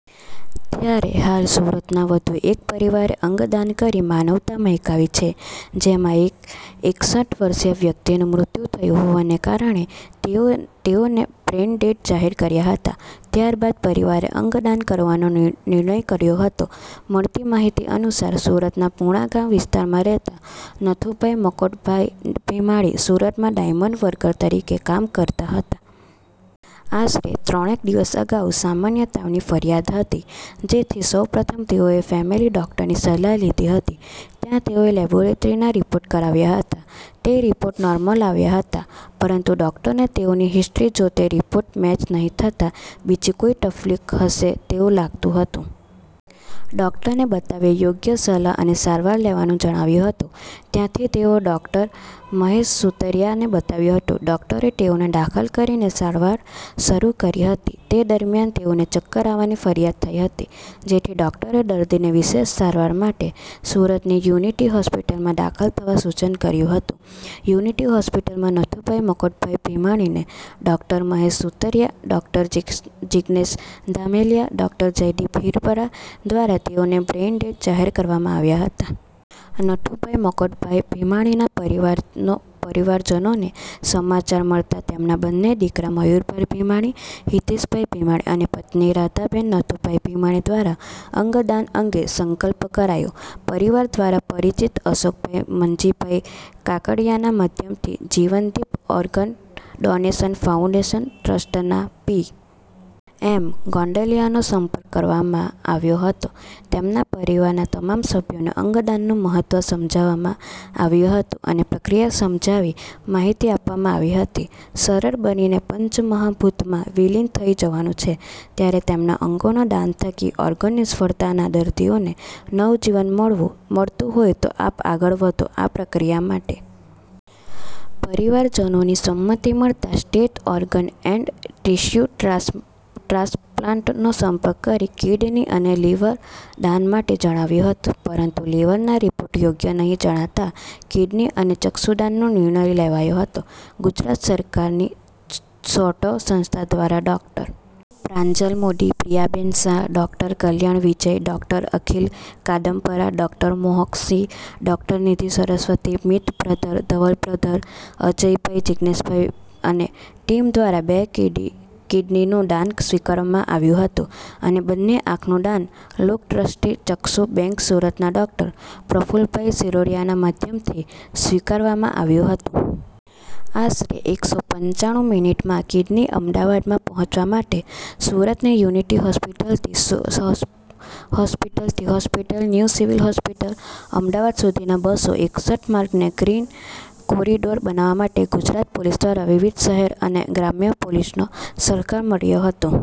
ત્યારે હાલ સુરતના વધુ એક પરિવારે અંગદાન કરી માનવતા મહેકાવી છે. જેમાં એક એકસઠ વર્ષીય વ્યક્તિનું મૃત્યુ થયું હોવાને કારણે તેઓને બ્રેઇનડેડ જાહેર કર્યા હતા. ત્યારબાદ પરિવારે અંગદાન કરવાનો નિર્ણય કર્યો હતો. મળતી માહિતી અનુસાર, સુરતના પુણાગામ વિસ્તારમાં રહેતા નથુભાઈ મકોડભાઈ ભીમાણી સુરતમાં ડાયમંડ વર્કર તરીકે કામ કરતા હતા. આશરે ત્રણેક દિવસ અગાઉ સામાન્ય તાવની ફરિયાદ હતી, જેથી સૌ પ્રથમ તેઓએ ફેમેલી ડોક્ટરની સલાહ લીધી હતી, ત્યાં તેઓએ લેબોરેટરી ના રીપોર્ટ કરાવ્યા હતા, તે રીપોર્ટ નોર્મલ આવ્યા હતા પરંતુ ડોક્ટરને તેઓની હિસ્ટ્રી જોડે રીપોર્ટ મેચ નહી થતા, બીજી કોઈ તકલીફ હશે તેવું લાગતું હતું. ડોક્ટરને બતાવી યોગ્ય સલાહ અને સારવાર લેવાનું જણાવ્યું હતું, ત્યાંથી તેઓ ડોક્ટર મહેશ સુતરીયા ને બતાવ્યું હતું, ડોકટરે તેઓને દાખલ કરીને સારવાર શરુ કરી હતી, તે દરમ્યાન તેઓને ચક્કર આવવાની ફરિયાદ થઈ હતી, જેથી ડોકટરે દર્દીને વિશેષ સારવાર માટે સુરતની યુનિટી હોસ્પીટલમાં દાખલ થવા સૂચન કર્યું હતું યુનિટી હોસ્પીટલમાં નથુભાઈ મકોડભાઈ ભીમાણીને doctor Mahesh Sutariya, doctor Jignesh Dhameliya, doctor Jaydeep Hirpara દ્વારા તેઓને બ્રેઈનડેડ જાહેર કરવામાં આવ્યા હતા. નથુભાઈ મકોડભાઈ ભીમાણીના પરિવારજનોને સમાચાર મળતા તેમના બંને દીકરા મયુરભાઈ ભીમાણી, હિતેશભાઈ ભીમાણી અને પત્ની રાધાબેન નથુભાઈ ભીમાણી દ્વારા અંગદાન અંગે સંકલ્પ કરાયો. પરિવાર દ્વારા પરિચિત અશોકભાઈ મનજીભાઈ કાકડિયાના માધ્યમથી જીવનદીપ ઓર્ગનડોનેશન ફાઉન્ડેશન ટ્રસ્ટના પી. એમ. ગોંડલિયાનો સંપર્ક કરવામાં આવ્યો હતો, તેમના પરિવારના તમામ સભ્યોને અંગદાનનું મહત્વ સમજાવવામાં આવ્યું હતું અને પ્રક્રિયા સમજાવી માહિતી આપવામાં આવી હતી. શરીર બળીને પંચમહાભૂતમાં વિલીન થઈ જવાનું છે, ત્યારે તેમના અંગોના દાન થકી ઓર્ગન નિષ્ફળતાના દર્દીઓને નવજીવન મળતું હોઈ તો આપ આગળ વધો આ પ્રક્રિયા માટે. પરિવારજનોની સંમતી મળતા state organ and tissue transplant નો સંપર્ક કરી કીડની અને લીવર દાન માટે જણાવ્યું હતું. પરંતુ લીવરના રીપોર્ટ યોગ્ય નહીં જણાતા કિડની અને ચક્ષુદાન નો નિર્ણય લેવાયો હતો. ગુજરાત સરકારની સોટો સંસ્થા દ્વારા ડો. Pranjal Modi, Priyaben Shah, doctor Kalyan Vijay, doctor Akhil Kandpara, doctor Mohak Singh, doctor Nidhi Saraswati, Mit brother, Dhaval brother, Ajaybhai, Jigneshbhai અને ટિમ દ્વારા બે કીડનીનું દાન સ્વીકારવામાં આવ્યું હતું, અને બંને આંખનું દાન લોક્દ્રષ્ટિ ચક્ષુ બેંક સુરતના ડોક્ટર પ્રફુલભાઈ શિરોયાના માધ્યમથી સ્વીકારવામાં આવ્યું હતું. આશરે એકસો પંચાણું મીનીટમાં કીડની અમદાવાદમાં પહોંચાડવા માટે સુરતની યુનિટી હોસ્પિટલ થી hospital, new civil hospital, Ahmedabad સુધીના બસો એકસઠ માર્ગને ગ્રીન કોરીડોર બનાવવા માટે ગુજરાત પોલીસ દ્વારા વિવિધ શહેર અને ગ્રામ્ય પોલીસનો સહકાર મળ્યો હતો.